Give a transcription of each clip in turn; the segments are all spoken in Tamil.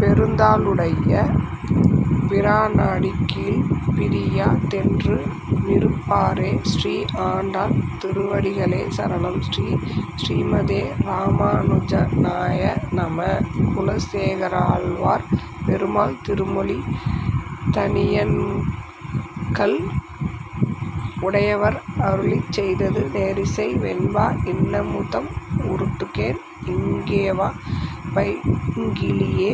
பெருந்தா ளுடைய பிரானடிக்கீழ்ப் பிரியா தென்று மிருப்பாரே. ஸ்ரீ ஆண்டாள் திருவடிகளே சரணம் ஸ்ரீ: ஸ்ரீமதே ராமாநுஜாய நம: குலசேகராழ்வார் பெருமாள் திருமொழி தனியன்கள் உடயவர் அருளிச் செய்தது நேரிசை வெண்பா இன்னமுதம் உருட்டுகேன் இங்கேவா பைங்கிளியே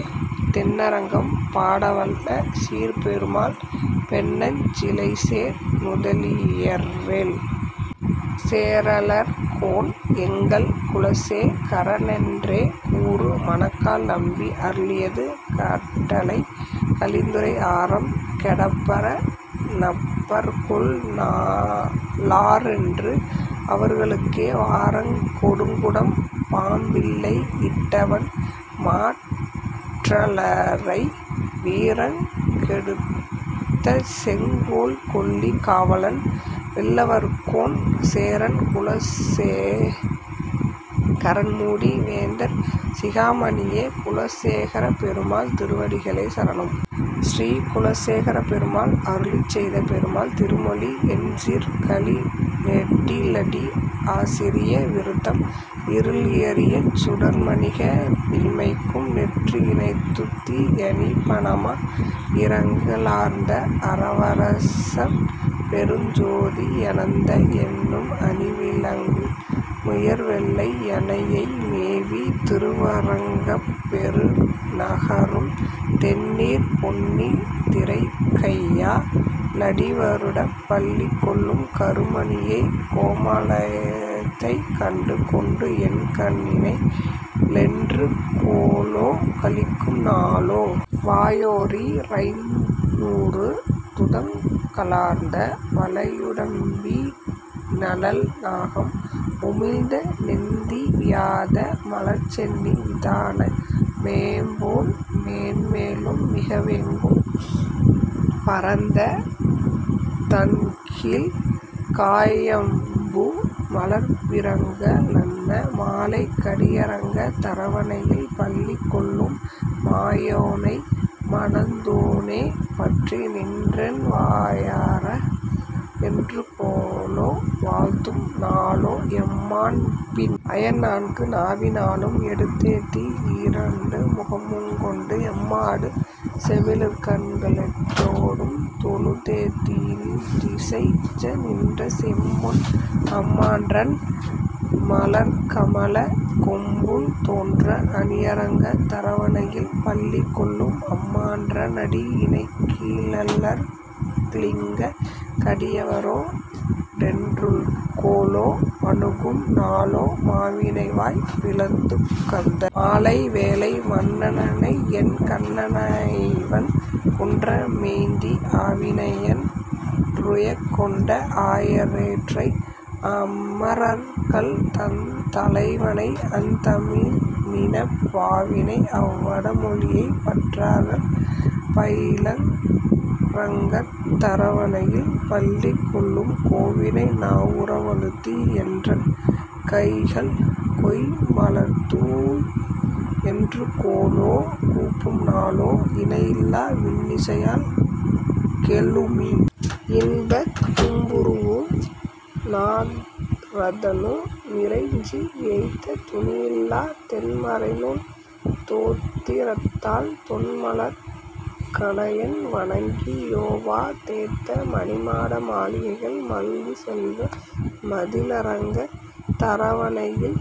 தென்னரங்கம் பாடவல்ல சீர்ப்பெருமாள் பொன்னஞ் சிலைசேர் நுதலியர்வேள் சேரலர்கோன் எங்கள் குலசே கரனென்றே கூறு மணக்கால் நம்பி அருளியது கட்டளைக் கலித்துறை ஆரம் கெடப்பர னன்பர்கொள் ளாரென்று அவர்களுக்கே வாரங் கொடுகுடப் பாம்பில்கை யிட்டவன் மாற்றலரை வீரங் கெடுத்தசெங் கோல்கொல்லி காவலன் வில்லவர்கோன் சேரன் குலசே கரன்முடி வேந்தர் சிகாமணியே குலசேகரப்பெருமாள் திருவடிகளே சரணம் ஸ்ரீ: குலசேகரப்பெருமாள் அருளிச்செய்த பெருமாள் திருமொழி எண்சீர்க் கழிநெடிலடி ஆசிரிய விருத்தம் இருளிரியச் சுடர்மணிக ளிமைக்கும் நெற்றி இனத்துத்தி யணிபணமா யிரங்க ளார்ந்த அரவரசப் பெருஞ்சோதி யனந்த னென்னும் அணிவிளங்கு முயர்வெள்ளை யணையை மேவி திருவரங்கப் பெருநகருள் தெண்ணீர்ப் பொன்னி திரைக்கையா லடிவருடப் பள்ளி கொள்ளும் கருமணியைக் கோமளத்தைக் கண்டு கொண்டு என் கண்ணிணைக ளென்றுகொலோ களிக்கும் நாளோ. வாயோரீ ரைஞ்நுறு துதங்க ளார்ந்த வளையுடம்பி னழல்நாகம் உமிழ்ந்த செந்தீ வீயாத மலர்ச்சென்னி விதான மேபோல் மேன்மேலும் மிகவெங்கும் பரந்த தன்கீழ் காயாம்பூ மலர்ப்பிறங்க லன்ன மாலைக் கடியரங்கத் தரவணையில் பள்ளி கொள்ளும் மாயோனை மணத்தூணே பற்றி நின்றென் வாயார என்றுகொலோ வாழ்த்தும் நாளே எம்மாண்பின் அயன்நான்கு நாவி னாலும் எடுத்தேத்தி ஈரிரண்டு முகமுங் கொண்டு எம்மாடு மெழிற்கண்க ளெட்டி னோடும் தொழுதேத்தி யினிதிறைஞ்ச நின்ற செம்பொன் அம்மான்றன் மலர்க்கமலக் கொப்பூழ் தோன்ற அணியரங்கத் தரவணையில் பள்ளி கொள்ளும் அம்மான்ற னடியிணைக்கீ ழலர்க ளிட்டங் கடியவரோ டென்றுகொலோ அணுகும் நாளே மாவினைவாய் பிளந்துகந்த மாலை வேலை வண்ணணைஎன் கண்ணணைவன் குன்ற மேந்தி ஆவினையன் றுயக்கொண்ட ஆய ரேற்றை அமரர்கள்தந் தலைவனைஅந் தமிழி னின்பப் பாவினைஅவ் வடமொழியைப் பற்றற் றார்கள் பயிலரங்கத் தரவணையில் பள்ளி கொள்ளும் கோவினைநா வுறவழுத்தி என்றன் கைகள் கொய்ம்மலர்தூய் என்றுகொலோ கூப்பும் நாளே இணையில்லா வின்னிசையாழ் கெழுமி யின்பத் தும்புருவும் நாரதனு மிறைஞ்சி யேத்த துணியில்லாத் தொன்மறைநூல் தோத்தி ரத்தால் தொன்மலர்க்க ணயன்வணங்கி யோவா தேத்த மணிமாட மாளிகைகள் மல்கு செல்வ மதிளரங்கத் தரவணையில்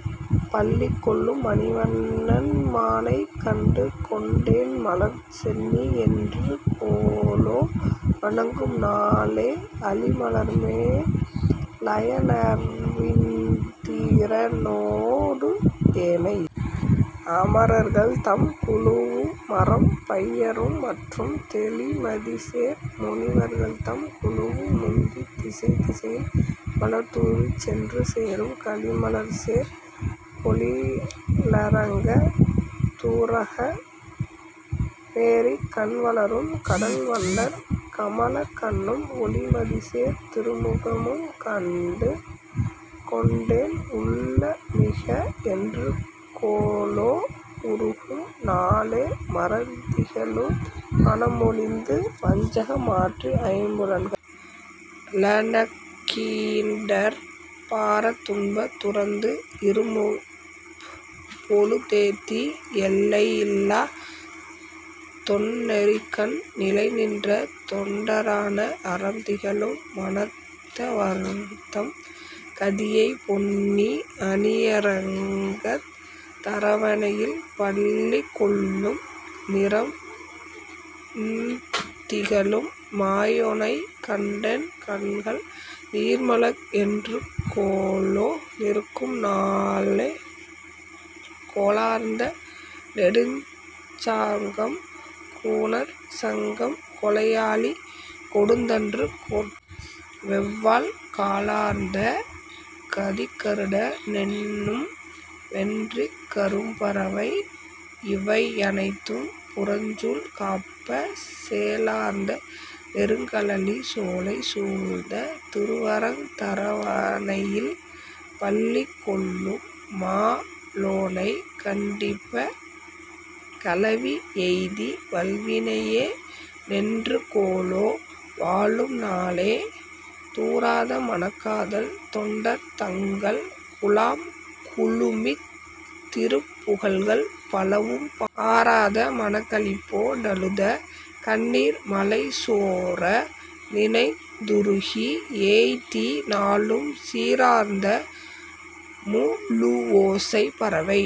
பள்ளி கொள்ளும் மணிவண்ண னம்மானைக் கண்டு கொண்டென் மலர்சென்னி யென்றுகொலோ வணங்கும் நாளே அளிமலர்மே லயனரனிந் திரனோடு ஏனை அமரர்கள்தம் குழுவுமரம் பையரும் மற்றும் தெளிமதிசேர் முனிவர்கள்தம் குழுவு முந்தித் திசைதிசையில் மலர்தூவிச் சென்று சேரும் களிமலர்சேர் பொழிலரங்கத் துரக மேறிக் கண்வளரும் கடல்வண்ணர் கமலக் கண்ணும் ஒளிமதிசேர் திருமுகமும் கண்டு கொண்டென் உள்ளமிக என்றுகொலோ வுருகும் நாளே மறந்திகழு மனமொழித்து வஞ்ச மாற்றி ஐம்புலன்க ளடக்கியிடர்ப் பாரத் துன்பம் துறந்து, இருமுப் பொழுதேத்தி யெல்லை யில்லாத் தொன்னெறிக்கண் நிலைநின்ற தொண்டரான அறம்திகழும் மனத்தவர்தம் கதியைப் பொன்னி அணியரங்கத் தரவணையில் பள்ளி கொள்ளும் நிறம்திகழும் மாயோனைக் கண்டென் கண்கள் நீர்மல்க என்றுகொலோ நிற்கும் நாளே கோலார்ந்த நெடுஞ்சார்ங்கம் கூனற் சங்கம் கொலையாழி கொடுந்தண்டு கொற்ற வொள்வாள் காலார்ந்த கதிக்கருட னென்னும் வென்றிக் கடும்பறவை யிவையனைத்தும் புறஞ்சூழ் காப்ப சேலார்ந்த நெடுங்கழனி சோலை சூழ்ந்த திருவரங்க தரவணையில் பள்ளி கொள்ளும் மாலோனைக் கண்டின்பக் கலவி யெய்தி வல்வினையே னென்றுகொலோ வாழும் நாளே தூராத மனக்காதல் தொண்டர் தங்கள் குழாம்குழுமித் திருப்புகழ்கள் பலவும் பாடி ஆராத மனக்களிப்போ டழுத கண்ணீர் மழைசோர நினைந்துருகி யேத்தி நாளும் சீரார்ந்த முழுவோசை பரவை